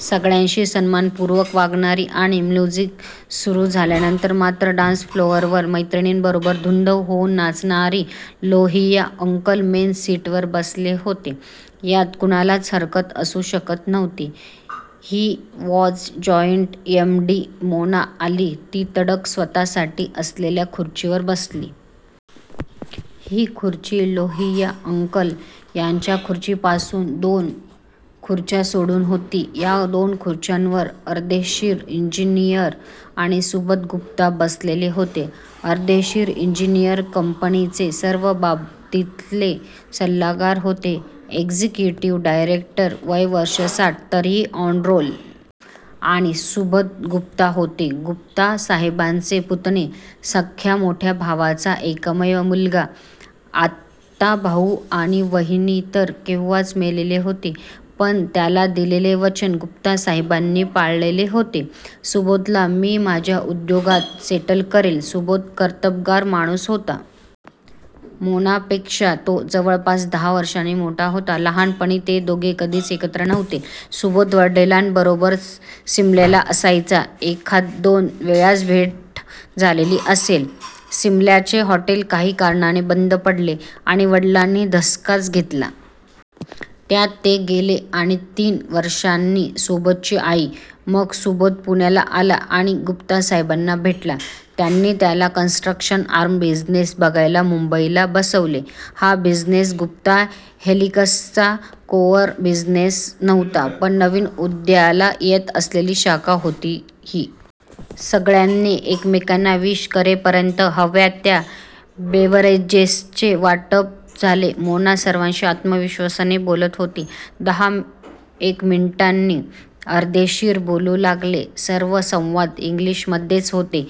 सगळ्यांशी सन्मानपुर्वक वागणारी आणि म्युझिक सुरू झाल्यानंतर मात्र डान्स फ्लोअरवर मैत्रिणींबरोबर धुंद होऊन नाचणारी! लोहिया अंकल मेन सीटवर बसले होते. यात कुणालाच हरकत असू शकत नव्हती. He was joint M. D.! Mona आली ती तडक स्वतःसाठी असलेल्या खुर्चीवर बसली. ही खुर्ची लोहिया अंकल यांच्या खुर्चीपासून दोन खुर्च्या सोडून होती. या दोन खुर्च्यांवर अर्देशीर इंजीनीयर आणि सुबोध गुप्ता बसलेले होते. अर्देशीर इंजीनीयर कंपनीचे सर्व बाबतीतले सल्लागार होते. Executive director! वय वर्षे साठ! तरीही ऑन रोल! आणि सुबोध गुप्ता होते गुप्तासाहेबांचे पुतणे! सख्या मोठ्या भावाचा एकमेव मुलगा! आता भाऊ आणि वहिनी तर केव्हाच मेलेले होते. पण त्याला दिलेले वचन गुप्तासाहेबांनी पाळलेले होते. सुबोधला मी माझ्या उद्योगात सेटल करेन! सुबोध कर्तबगार माणूस होता. मोनापेक्षा तो जवळपास दहा वर्षांनी मोठा होता. लहानपणी ते दोघे कधीच एकत्र नव्हते. सुबोध वडिलांबरोबर सिमल्याला असायचा! एखाद दोन वेळाच भेट झालेली असेल. सिमल्याचे हॉटेल काही कारणाने बंद पडले आणि वडिलांनी धसकाच घेतला. त्यात ते गेले आणि तीन वर्षांनी सुबोधची आई! मग सुबोध पुण्याला आला आणि गुप्तासाहेबांना भेटला. त्यांनी त्याला कन्स्ट्रक्शन आर्म बिझिनेस बघायला मुंबईला बसवले. हा बिझिनेस गुप्ता हेलिक्सचा कोअर बिझिनेस नव्हता. पण नवीन उदयाला येत असलेली शाखा होती ही! सगळ्यांनी एकमेकांना विश करेपर्यंत हव्या त्या बेव्हरेजेसचे वाटप झाले. मोना सर्वांशी आत्मविश्वासाने बोलत होती. दहा एक मिनिटांनी अर्देशीर बोलू लागले. सर्व संवाद इंग्लीशमध्येच होते.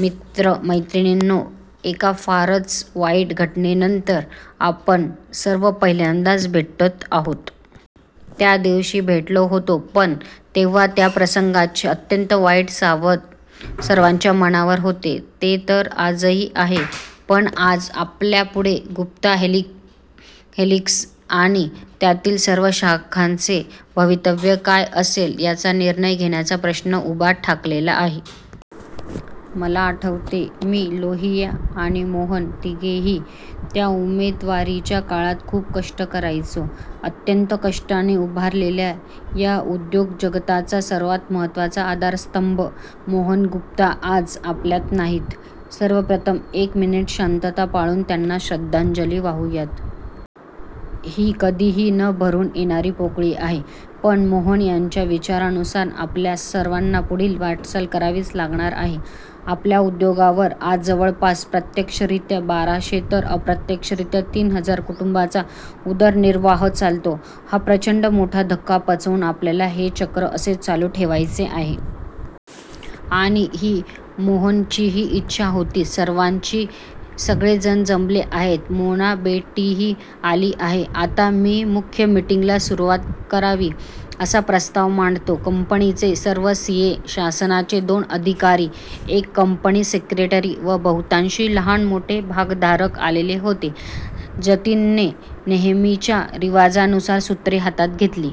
"मित्र मैत्रिणींनो, एका फारच वाईट घटनेनंतर आपण सर्व पहिल्यांदाच भेटत आहोत. त्या दिवशी भेटलो होतो, पण तेव्हा त्या प्रसंगाचे अत्यंत वाईट सावट सर्वांच्या मनावर होते. ते तर आजही आहे. पण आज आपल्यापुढे गुप्ता हेलिक्स आणि त्यातील सर्व शाखांचे भवितव्य काय असेल याचा निर्णय घेण्याचा प्रश्न उभा ठाकलेला आहे. मला आठवते.. मी, लोहिया आणि मोहन.. तिघेही त्या उमेदवारीच्या काळात खूप कष्ट करायचो. अत्यंत कष्टाने उभारलेल्या या उद्योगजगताचा सर्वात महत्वाचा आधारस्तंभ.. मोहन गुप्ता आज आपल्यात नाहीत. सर्वप्रथम एक मिनिट शांतता पाळून त्यांना श्रद्धांजली वाहूयात! ही कधीही न भरून येणारी पोकळी आहे. पण मोहन यांच्या विचारानुसार आपल्या सर्वांना पुढील वाटचाल करावीच लागणार आहे. आपल्या उद्योगावर आज जवळपास प्रत्यक्षरीत्या बाराशे तर अप्रत्यक्षरीत्या तीन हजार कुटुंबांचा उदरनिर्वाह चालतो. हा प्रचंड मोठा धक्का पचवून आपल्याला हे चक्र असेच चालू ठेवायचे आहे. आणि ही मोहनचीही इच्छा होतीच स्वतःची! सगळे जण जमले आहेत. मोनाबेटीही आली आहे. आता मी मुख्य मीटिंगला सुरुवात करावी असा प्रस्ताव मांडतो " कंपनीचे सर्व सी. ए., शासनाचे दोन अधिकारी, एक कंपनी सेक्रेटरी व बहुतांशी लहानमोठे भागधारक आलेले होते. जतीनने नेहमीच्या रिवाजानुसार सूत्रे हातात घेतली.